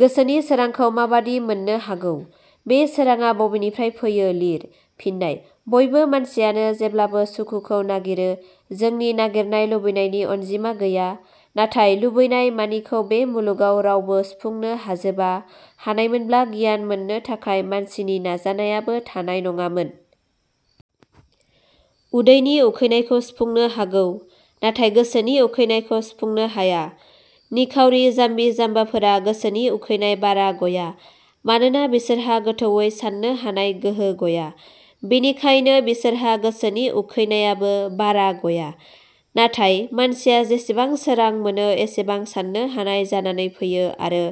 गोसोनि सोरांखौ माबादि मोननो हागौ? बे सोराङा बबेनिफ्राय फैयो लिर। फिननाय: बयबो मानसियानो जेब्लाबो सुखुखौ नागिरो। जोंनि नागिरनाय लुबैनायनि अनजिमा गैया। नाथाय लुबैनाय मानिखौ बे मुलुगाव रावबो सुफुंनो हाजोबा। हानायमोनब्ला गियान मोननो थाखाय मानसिनि नाजानायाबो थानाय नङामोन। उदैनि उखैनायखौ सुफुंनो हागौ, नाथाय् गोसोनि उखैनायखौ सुफुंनो हाया। निखावरि जाम्बि- जाम्बाफोरा गोसोनि उखैनाय बारा गया मानोना बिसोरहा गोथौवै साननो हानाय गोहो गया। बेनिखायनो बिसोरहा गोसोनि उखैनायाबो बारा गया। नाथाय मानसिया जेसेबां सोरां मोनो एसेबां साननो हानाय जानानै फैयो आरो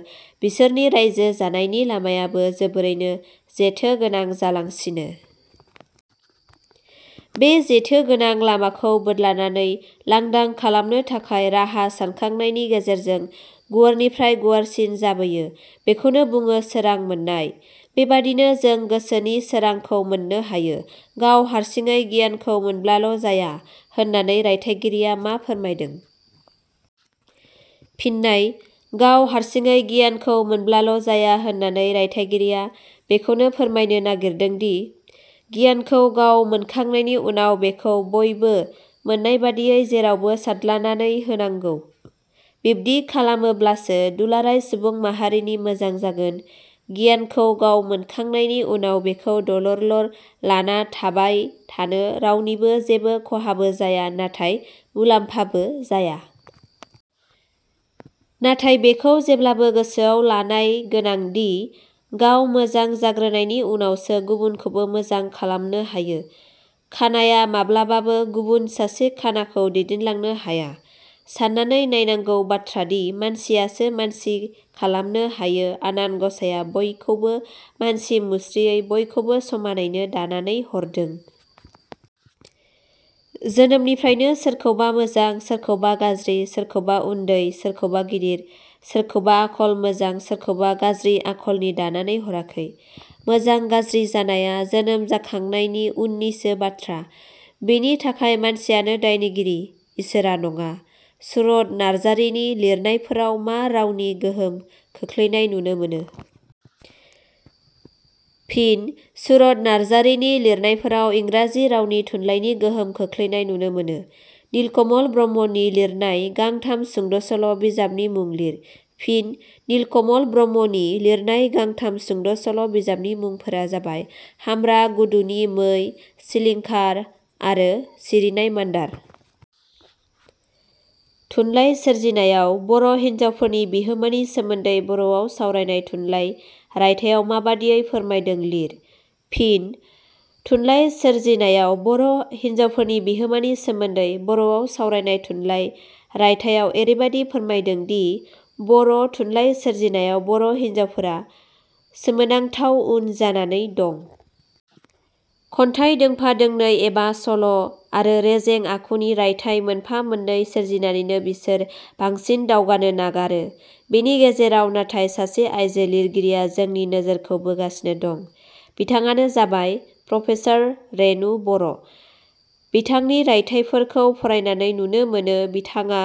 बिसोरनि राइजो जानायनि लामायाबो जोबोरैनो जेथो गोनां जालांसिनो। बे जेथो गोनां लामाखौ बोदलानानै लांदां खालामनो थाखाय राहा सानखांनायनि गेजेरजों गुवारनिफ्राय गुवारसिन जाबोयो। बेखौनो बुङो सोरां मोननाय। बेबादिनो जों गोसोनि सोरांखौ मोननो हायो। गाव हारसिङै गियानखौ मोनब्लाल' जाया होननानै रायथाइगिरिया मा फोरमायदों? फिननाय: गाव हारसिङै गियानखौ मोनब्लाल' जाया होननानै रायथाइ गिरिया बेखौनो फोरमायनो नागिरदोंदि गियानखौ गाव मोनखांनायनि उनाव बेखौ बयबो मोननायबादियै जेरावबो सारदलानानै होनांगौ। बिब्दि खालामोब्लासो दुलाराय सुबुं माहारिनि मोजां जागोन। गिनायखौ गाव मोनखांनायनि उनाव बेखौ दलरलर लाना थाबायथानो रावनिबो जेबो खहाबो जाया नाथाय मुलाम्फाबो जाया। नाथाय बेखौ जेब्लाबो गोसोआव लानाय गोनांदि, गाव मोजां जाग्रोनायनि उनावसो गुबुनखौबो मोजां खालामनो हायो। खानाया माब्लाबाबो गुबुन सासे खानाखौ दैदेनलांनो हाया। साननानै नायनांगौ बाथ्रादि मानसियासो मानसि खालामनो हायो, आनान गसाइया बयखौबो मानसि मुस्रियै बयखौबो समानैनो दानानै हरदों। जोनोमनिफ्रायनो सोरखौबा मोजां, सोरखौबा गाज्रि, सोरखौबा उन्दै, सोरखौबा गिदिर, सोरखौबा आखल मोजां, सोरखौबा गाज्रि आखलनि दानानै हराखै। मोजां गाज्रि जानाया जोनोम जाखांनायनि उननिसो बाथ्रा। बेनि थाखाय मानसियानो दायनिगिरि, इसोरा नङा। सुरथ नारजारिनि लिरनायफोराव मा रावनि गोहोम खोख्लैनाय नुनो मोनो? फिन: सुरथ नारजारिनि लिरनायफोराव इंराजि रावनि थुनलाइनि गोहोम खोख्लैनाय नुनो मोनो। नीलकमल ब्रह्मनि लिरनाय गांथाम सुंद' सल' बिजाबनि मुं लिर। फिन: नीलकमल ब्रह्मनि लिरनाय गांथाम सुंद' सल' बिजाबनि मुंफोरा जाबाय – 'हाम्रा गुदुनि मै', 'सिलिंखार' आरो 'सिरिनाय मान्दार'। थुनलाइ सोरजिनायाव बर' हिन्जावफोरनि बिहोमानि सोमोन्दै 'बर 'वाव सावरायनाय थुनलाइ रायथाइयाव माबादियै फोरमायदों लिर। फिन: थुनलाइ सोरजिनायाव बर' हिनजावफोरनि बिहोमानि सोमोन्दै 'बर'वाव सावरायनाय थुनलाइ' रायथाइयाव एरैबादि फोरमायदोंदि बर' थुनलाइ सोरजिनायाव बर' हिनजावफोरा सोमोनांथाव उन जानानै दं। खन्थाइ दोंफा दोंनै एबा सल' आरो रेजें आखुनि रायथाइ मोनफा-मोननै सोरजिनानैनो बिसोर बांसिन दावगानो नागारो। बेनि गेजेराव नाथाय सासे आयजो लिरगिरिया जोंनि नोजोरखौ बोगासिनो दं। बिथाङानो जाबाय- प्रफेसार. रेणु बर'। बिथांनि रायथाइफोरखौ फरायनानै नुनो मोनो- बिथाङा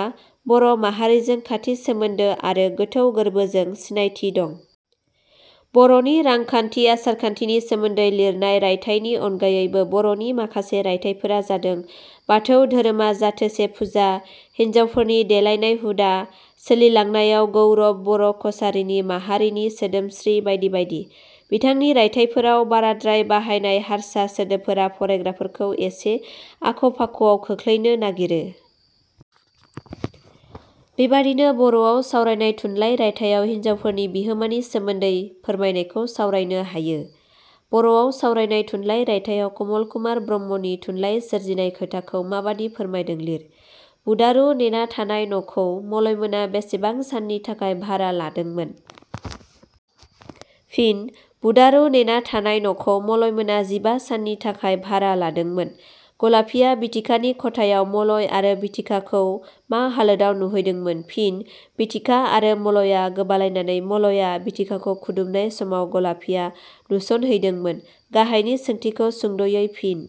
बर' माहारिजों खाथि सोमोन्दो आरो गोथौ गोरबोजों सिनायथि दं। बर 'नि रांखान्थि आसारखान्थिनि सोमोन्दै लिरनाय रायथाइनि अनगायैबो बर 'नि माखासे रायथाइफोरा जादों- बाथौ धोरोमा जाथोसे फुजा हिन्जावफोरनि देलायनाय हुदा, सोलिलांनायाव गौरब बर' कसारी माहारिनि सोदोमस्रि बायदि बायदि। बिथांनि रायथाइफोराव बाराद्राय बाहायनाय हारसा सोदोबफोरा फरायग्राफोरखौ एसे आख'-फाख'आव खोख्लैनो नागिरो। बेबादिनो 'बर 'वाव सावरायनाय थुनलाइ' रायथाइयाव हिनजावफोरनि बिहोमानि सोमोन्दै फोरमायनायखौ सावरायनो हायो। 'बर 'वाव सावरायनाय थुनलाइ' रायथाइयाव कमल कुमार ब्रह्मनि थुनलाइ सोरजिनाय खोथाखौ माबादि फोरमायदों लिर। बुदारु नेना थानाय नखौ मलयमोना बेसेबां साननि थाखाय भारा लादोंमोन? फिनः बुदारु नेना थानाय नखौ मलयमोना जिबा साननि थाखाय भारा लादोंमोन। गलापीया बिथिकानि खथायाव मलय आरो बिथिकाखौ मा हालोदाव नुहैदोंमोन? फिनः बिथिका आरो मलया गोबालायनानै मलया बिथिकाखौ खुदुमनाय समाव गलापिया नुसनहैदोंमोन। गाहायनि सोंथिखौ सुंद'यै फिन।